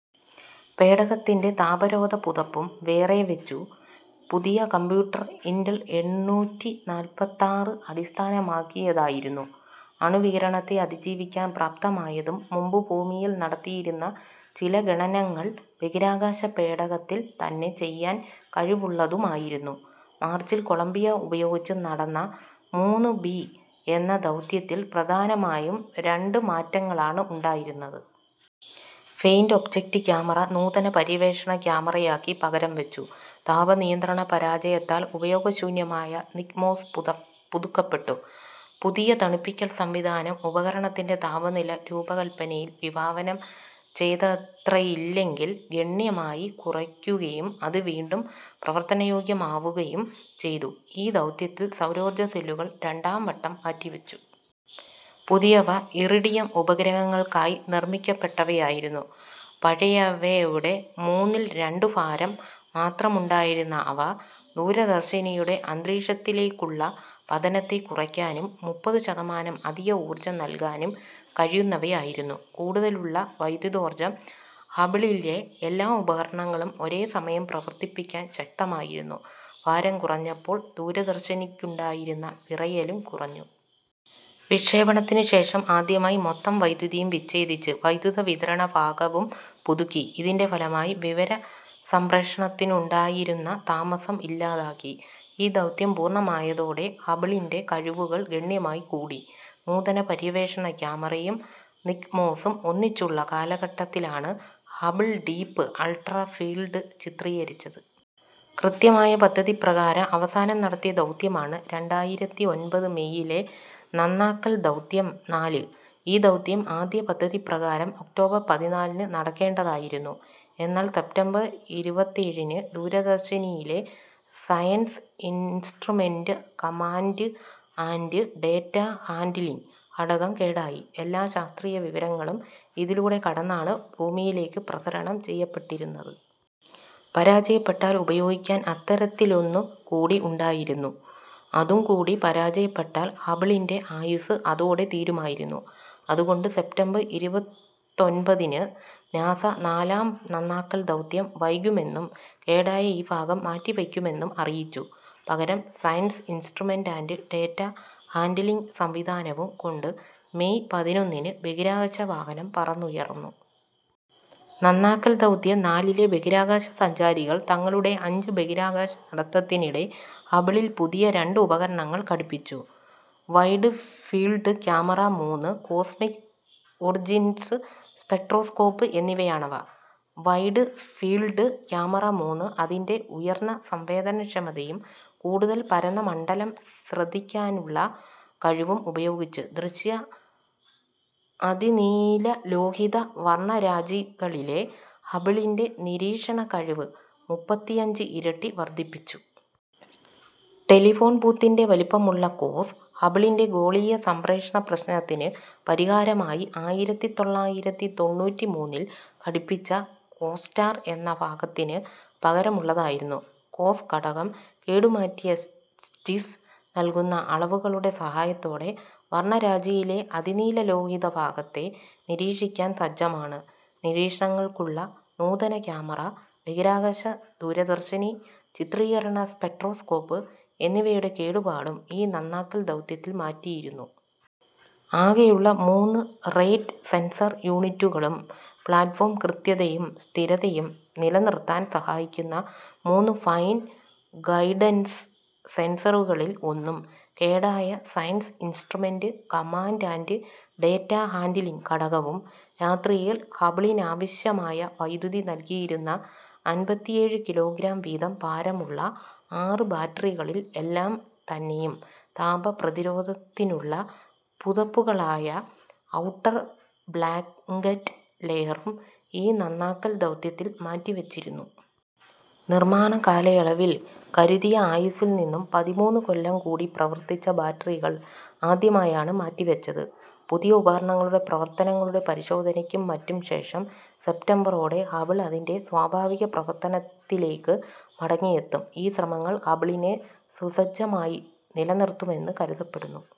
പേടകത്തിൻ്റെ താപരോധ പുതപ്പും വേറെ വെച്ചു. പുതിയ കമ്പ്യൂട്ടർ ഇന്റൽ എണ്ണൂറ്റി നാൽപ്പത്താറ് അടിസ്ഥാനമാക്കിയതായിരുന്നു. അണുവികിരണത്തെ അതിജീവിക്കാൻ പ്രാപ്തമായതും മുമ്പ് ഭൂമിയിൽ നടത്തിയിരുന്ന ചില ഗണനങ്ങൾ ബഹിരാകാശ പേടകത്തിൽ തന്നെ ചെയ്യാൻ കഴിവുള്ളതുമായിരുന്നു. മാർച്ചിൽ കൊളംബിയ ഉപയോഗിച്ച് നടന്ന മൂന്ന് ബി എന്ന ദൗത്യത്തിൽ പ്രധാനമായും രണ്ട് മാറ്റങ്ങളാണ് ഉണ്ടായിരുന്നത്. ഫെയിൻ്റ് ഒബ്ജക്റ്റ് ക്യാമറ നൂതന പര്യവേക്ഷണ ക്യാമറയാക്കി പകരംവെച്ചു. താപ നിയന്ത്രണ പരാജയത്താൽ ഉപയോഗശൂന്യമായ നിക്മോസ്പുത പുതുക്കപ്പെട്ടു. പുതിയ തണുപ്പിക്കൽ സംവിധാനം ഉപകരണത്തിൻ്റെ താപനില രൂപകല്പനയിൽ വിഭാവനം ചെയ്തത്രയില്ലെങ്കിൽ ഗണ്യമായി കുറയ്ക്കുകയും അത് വീണ്ടും പ്രവർത്തനയോഗ്യമാവുകയും ചെയ്തു. ഈ ദൗത്യത്തിൽ സൗരോർജ്ജ സെല്ലുകൾ രണ്ടാം വട്ടം മാറ്റിവെച്ചു. പുതിയവ ഇറിഡിയം ഉപഗ്രഹങ്ങൾക്കായി നിർമ്മിക്കപ്പെട്ടവയായിരുന്നു. പഴയവയുടെ മൂന്നിൽ രണ്ട് ഭാരം മാത്രമുണ്ടായിരുന്ന അവ, ദൂരദർശിനിയുടെ അന്തരീക്ഷത്തിലേക്കുള്ള പതനത്തെ കുറയ്ക്കാനും മുപ്പത് ശതമാനം അധികം ഊർജ്ജം നൽകാനും കഴിയുന്നവയായിരുന്നു. കൂടുതലുള്ള വൈദ്യുതോർജ്ജം ഹബിളിലെ എല്ലാ ഉപകരണങ്ങളും ഒരേ സമയം പ്രവർത്തിപ്പിക്കാൻ ശക്തമായിരുന്നു. ഭാരം കുറഞ്ഞപ്പോൾ ദൂരദർശിനിക്കുണ്ടായിരുന്ന വിറയലും കുറഞ്ഞു. വിക്ഷേപണത്തിനു ശേഷം ആദ്യമായി മൊത്തം വൈദ്യുതിയും വിച്ഛേദിച്ച് വൈദ്യുത വിതരണ ഭാഗവും പുതുക്കി. ഇതിൻ്റെ ഫലമായി വിവരസംപ്രേഷണത്തിനുണ്ടായിരുന്ന താമസം ഇല്ലാതാക്കി. ഈ ദൗത്യം പൂർണ്ണമായതോടെ ഹബിളിൻ്റെ കഴിവുകൾ ഗണ്യമായി കൂടി. നൂതന പര്യവേക്ഷണ ക്യാമറയും നിക്മോസും ഒന്നിച്ചുള്ള കാലഘട്ടത്തിലാണ് ഹബിൾ ഡീപ് അൾട്രാ ഫീൽഡ് ചിത്രീകരിച്ചത്. കൃത്യമായ പദ്ധതി പ്രകാരം അവസാനം നടത്തിയ ദൗത്യമാണ് രണ്ടായിരത്തി ഒൻപത് മേയിലെ നന്നാക്കൽ ദൗത്യം നാല്. ഈ ദൗത്യം ആദ്യ പദ്ധതിപ്രകാരം ഒക്ടോബർ പതിനാലിന് നടക്കേണ്ടതായിരുന്നു. എന്നാൽ സെപ്റ്റംബർ ഇരുപത്തേഴിന് ദൂരദർശിനിയിലെ science instrument command and data handling ഘടകം കേടായി. എല്ലാ ശാസ്ത്രീയ വിവരങ്ങളും ഇതിലൂടെ കടന്നാണ് ഭൂമിയിലേക്ക് പ്രസരണം ചെയ്യപ്പെട്ടിരുന്നത്. പരാജയപ്പെട്ടാൽ ഉപയോഗിക്കാൻ അത്തരത്തിലൊന്നു കൂടി ഉണ്ടായിരുന്നു. അതും കൂടി പരാജയപ്പെട്ടാൽ ഹബിളിൻ്റെ ആയുസ്സ് അതോടെ തീരുമായിരുന്നു. അതുകൊണ്ട് സെപ്റ്റംബർ ഇരുപത്തൊൻപതിന് നാസ നാലാം നന്നാക്കൽ ദൗത്യം വൈകുമെന്നും കേടായ ഈ ഭാഗം മാറ്റിവെയ്ക്കുമെന്നും അറിയിച്ചു. പകരം science instrument and data handling സംവിധാനവും കൊണ്ട് മേയ് പതിനൊന്നിന് ബഹിരാകാശ വാഹനം പറന്നുയർന്നു. നന്നാക്കൽ ദൗത്യം നാലിലെ ബഹിരാകാശ സഞ്ചാരികൾ തങ്ങളുടെ അഞ്ച് ബഹിരാകാശ നടത്തത്തിനിടെ ഹബിളിൽ പുതിയ രണ്ട് ഉപകരണങ്ങൾ ഘടിപ്പിച്ചു. വൈഡ് ഫീൽഡ് ക്യാമറ മൂന്ന്, കോസ്മിക് ഒറിജിൻസ് സ്പെക്ട്രോസ്കോപ്പ് എന്നിവയാണവ. വൈഡ് ഫീൽഡ് ക്യാമറ മൂന്ന് അതിൻ്റെ ഉയർന്ന സംവേദനക്ഷമതയും കൂടുതൽ പരന്ന മണ്ഡലം ശ്രദ്ധിക്കാനുള്ള കഴിവും ഉപയോഗിച്ച്, ദൃശ്യ അതിനീലലോഹിത വർണ്ണരാജികളിലെ ഹബിളിൻ്റെ നിരീക്ഷണ കഴിവ് മുപ്പത്തിയഞ്ച് ഇരട്ടി വർദ്ധിപ്പിച്ചു. ടെലിഫോൺ ബൂത്തിൻ്റെ വലിപ്പമുള്ള കോസ്, ഹബിളിൻ്റെ ഗോളീയ സംക്ഷേപണ പ്രശ്നത്തിന് പരിഹാരമായി ആയിരത്തി തൊള്ളായിരത്തി തൊണ്ണൂറ്റിമൂന്നിൽ ഘടിപ്പിച്ച കോസ്റ്റാർ എന്ന ഭാഗത്തിന് പകരമുള്ളതായിരുന്നു. കോസ് ഘടകം, കേടുമാറ്റിയ സ്റ്റിസ് നൽകുന്ന അളവുകളുടെ സഹായത്തോടെ വർണ്ണരാജിയിലെ അതിനീലലോഹിത ഭാഗത്തെ നിരീക്ഷിക്കാൻ സജ്ജമാണ്. നിരീക്ഷണങ്ങൾക്കുള്ള നൂതന ക്യാമറ, ബഹിരാകാശ ദൂരദർശിനി ചിത്രീകരണ സ്പെക്ട്രോസ്കോപ്പ് എന്നിവയുടെ കേടുപാടും ഈ നന്നാക്കൽ ദൗത്യത്തിൽ മാറ്റിയിരുന്നു. ആകെയുള്ള മൂന്ന് റേറ്റ് സെൻസർ യൂണിറ്റുകളും, പ്ലാറ്റ്ഫോം കൃത്യതയും സ്ഥിരതയും നിലനിർത്താൻ സഹായിക്കുന്ന മൂന്ന് ഫൈൻ ഗൈഡൻസ് സെൻസറുകളിൽ ഒന്നും, കേടായ science instrument command and data handling ഘടകവും, രാത്രിയിൽ ഹബിളിനാവശ്യമായ വൈദ്യുതി നൽകിയിരുന്ന അൻപത്തിയേഴ് കിലോഗ്രാം വീതം ഭാരമുള്ള ആറ് ബാറ്ററികളിൽ എല്ലാം തന്നെയും, താപ പ്രതിരോധത്തിനുള്ള പുതപ്പുകളായ ഔട്ടർ ബ്ലാങ്കറ്റ് ലെയറും ഈ നന്നാക്കൽ ദൗത്യത്തിൽ മാറ്റിവെച്ചിരുന്നു. നിർമ്മാണ കാലയളവിൽ കരുതിയ ആയുസ്സിൽ നിന്നും പതിമൂന്ന് കൊല്ലം കൂടി പ്രവർത്തിച്ച ബാറ്ററികൾ ആദ്യമായാണ് മാറ്റിവെച്ചത്. പുതിയ ഉപകരണങ്ങളുടെ പ്രവർത്തനങ്ങളുടെ പരിശോധനയ്ക്കും മറ്റും ശേഷം സെപ്റ്റംബറോടെ ഹബിൾ അതിൻ്റെ സ്വാഭാവിക പ്രവർത്തനത്തിലേക്ക് മടങ്ങിയെത്തും. ഈ ശ്രമങ്ങൾ ഹബിളിനെ സുസജ്ജമായി നിലനിർത്തുമെന്ന് കരുതപ്പെടുന്നു.